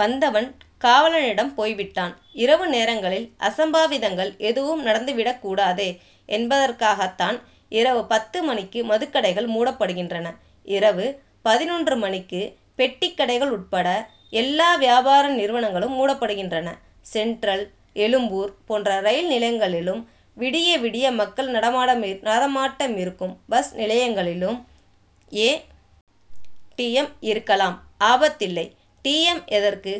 வந்தவன், காலனிடம் போய்விட்டான். இரவு நேரங்களில் அசம்பாவிதங்கள் எதுவும் நடந்துவிடக்கூடாதே என்பதற்காகத் தான், இரவு பத்து மணிக்கு மதுக்கடைகள் மூடப்படுகின்றன. இரவு பதினொன்று மணிக்கு பெட்டிக்கடைகள் உட்பட, எல்லா வியாபார நிறுவனங்களும் மூடப்படுகின்றன. சென்ட்ரல்-எழும்பூர் போன்ற ரயில் நிலையங்களிலும், விடியவிடிய மக்கள் நடமாட்டமிருக்கும், பஸ் நிலையங்களிலும் ஏ. டி. எம்., இருக்கலாம்; ஆபத்தில்லை! டி. எம்., எதற்கு?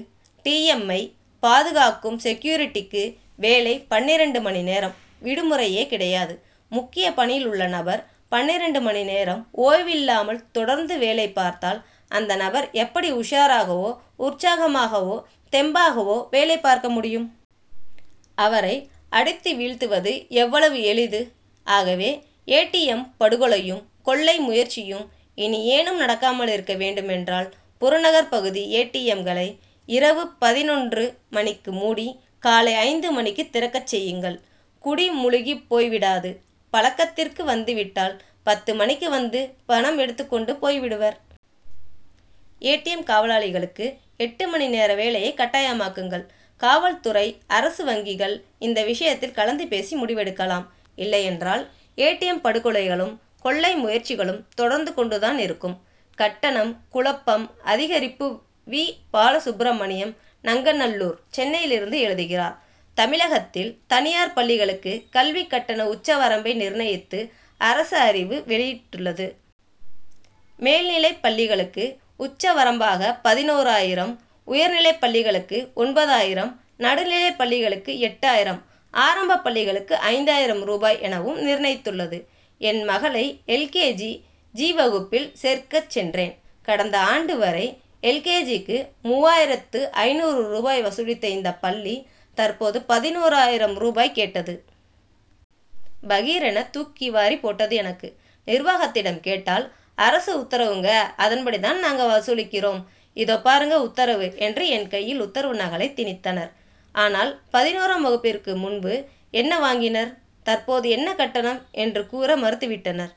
டி. எம்.,மை பாதுகாக்கும் செக்யூரிட்டிக்கு, வேலை பன்னிரண்டு மணி நேரம்; விடுமுறையே கிடையாது. முக்கிய பணியில் உள்ள நபர், பன்னிரண்டு மணிநேரம் ஓய்வில்லாமல் தொடர்ந்து வேலைப் பார்த்தால், அந்த நபர் எப்படி உஷாராகவோ, உற்சாகமாகவோ, தெம்பாகவோ வேலை பார்க்க முடியும்? அவரை அடித்து வீழ்த்துவது எவ்வளவு எளிது! ஆகவே, ஏ. டி. எம்., படுகொலையும், கொள்ளை முயற்சியும் இனியேனும் நடக்காமலிருக்க வேண்டுமென்றால், புறநகர் பகுதி ஏ. டி. எம்.,களை, இரவு பதினொன்று மணிக்கு மூடி, காலை ஐந்து மணிக்குத் திறக்கச் செய்யுங்கள்; குடி முழுகிப் போய்விடாது! பழக்கத்திற்கு வந்து விட்டால், பத்து மணிக்கு வந்து, பணம் எடுத்துக்கொண்டு போய் விடுவர். ஏ. டி. எம்., காவலாளிகளுக்கு, எட்டு மணி நேர வேலையைக் கட்டாயமாக்குங்கள். காவல்துறை, அரசு வங்கிகள் இந்த விஷயத்தில் கலந்து பேசி முடிவெடுக்கலாம். இல்லையென்றால், ஏ. டி. எம்., படுகொலைகளும், கொள்ளை முயற்சிகளும் தொடர்ந்து கொண்டுதானிருக்கும். கட்டணம் குழப்பம் அதிகரிப்பு வி. பாலசுப்ரமணியம், நங்கநல்லூர், சென்னையிலிருந்து எழுதுகிறார்: தமிழகத்தில் தனியார் பள்ளிகளுக்கு கல்விக் கட்டண உச்சவரம்பை நிர்ணயித்து அரசு அறிவிப்பு வெளியிட்டுள்ளது. மேல்நிலைப் பள்ளிகளுக்கு உச்சவரம்பாக பதினோராயிரம், உயர்நிலைப் பள்ளிகளுக்கு ஒன்பதாயிரம், நடுநிலைப் பள்ளிகளுக்கு எட்டாயிரம், ஆரம்பப் பள்ளிகளுக்கு ஐந்தாயிரம் ரூபாய் எனவும் நிர்ணயித்துள்ளது. என் மகளை, எல். கே. கே. ஜி., வகுப்பில் சேர்க்கச் சென்றேன். கடந்த ஆண்டு வரை, எல். கே. ஜி.,க்கு மூவாயிரத்து ஐந்நூறு ரூபாய் வசூலித்த இந்தப் பள்ளி, தற்போது, பதினோராயிரம் ரூபாய் கேட்டது. பகீர்' என, தூக்கி வாரிப் போட்டது எனக்கு! நிர்வாகத்திடம் கேட்டால், அரசு உத்தரவுங்கஅதன்படி தான் நாங்கள் வசூலிக்கிறோம். இதோ பாருங்க, உத்தரவு' என்று என் கையில், உத்தரவு நகலைத் திணித்தனர். ஆனால், பதினோராம் வகுப்பிற்கு முன்பு என்ன வாங்கினர், தற்போது என்ன கட்டணம் என்று கூற மறுத்து விட்டனர்.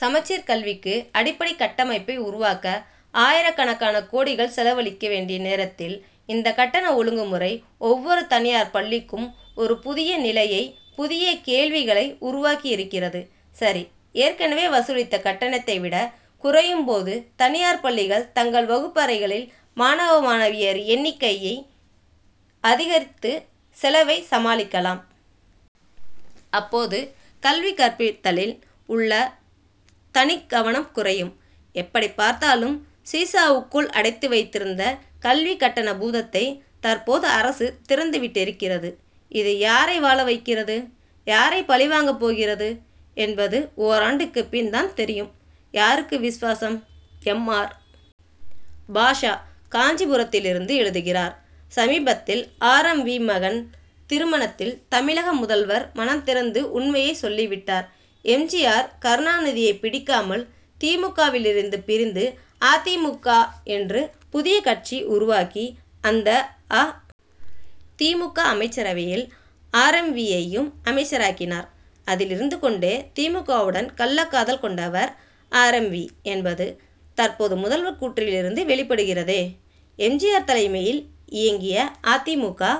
சமச்சீர் கல்விக்கு அடிப்படைக் கட்டமைப்பை உருவாக்க ஆயிரக்கணக்கான கோடிகள் செலவழிக்க வேண்டிய நேரத்தில், இந்த கட்டண ஒழுங்குமுறை ஒவ்வொரு தனியார் பள்ளிக்கும் ஒரு புதிய நிலையை, புதிய கேள்விகளை உருவாக்கியிருக்கிறது. சரிஏற்கனவே வசூலித்த கட்டணத்தை விட குறையும் போது, தனியார் பள்ளிகள் தங்கள் வகுப்பறைகளில் மாணவ, மாணவியர் எண்ணிக்கையை அதிகரித்து செலவைச் சமாளிக்கலாம். அப்போது, கல்வி கற்பித்தலில் உள்ள தனிக்கவனம் குறையும். எப்படிப்பார்த்தாலும், சீசாவுக்குள் அடைத்து வைத்திருந்த கல்விக் கட்டண பூதத்தை தற்போது அரசு திறந்து விட்டிருக்கிறது. இது யாரை வாழ வைக்கிறது, யாரை பலிவாங்கப் போகிறது என்பது ஓராண்டுக்குப் பின் தான் தெரியும். யாருக்கு விசுவாசம்? எம். ஆர். பாஷா, காஞ்சிபுரத்திலிருந்து எழுதுகிறார்: சமீபத்தில் ஆர். எம். வீ., மகன் திருமணத்தில், தமிழக முதல்வர் மனம் திறந்து உண்மையை சொல்லிவிட்டார். எம். ஜி. ஆர்., கருணாநிதியை பிடிக்காமல், தி. மு. க.,விலிருந்து பிரிந்து, அ. தி. மு. க., என்று புதிய கட்சி உருவாக்கி, அந்த அ. தி. மு. க., அமைச்சரவையில், ஆர். எம். வீ.,யையும் அமைச்சராக்கினார். அதில் இருந்து கொண்டே, தி. மு. க.,வுடன், கள்ளக்காதல்' கொண்டவர் ஆர். எம். வீ., என்பது, தற்போது முதல்வர் கூற்றிலிருந்து வெளிப்படுகிறதே! எம். ஜி. ஆர்., தலைமையில் இயங்கிய அ. தி. மு. க.,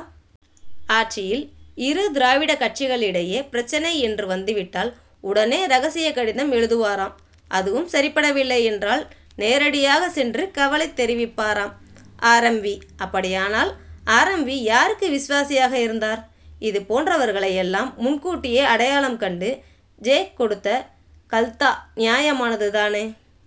ஆட்சியில், இரு திராவிட கட்சிகளிடையே பிரச்னை என்று வந்துவிட்டால், உடனே ரகசிய கடிதம் எழுதுவாராம்அதுவும் சரிப்படவில்லை என்றால், நேரிடையாக சென்று கவலை தெரிவிப்பாராம் ஆர். எம். வீ., அப்படியானால், ஆர். எம். வீ., யாருக்கு விசுவாசியாக இருந்தார்? இது போன்றவர்களை எல்லாம் முன்கூட்டியே அடையாளம் கண்டு, ஜெ., கொடுத்த, கல்தா' நியாயமானது தானே!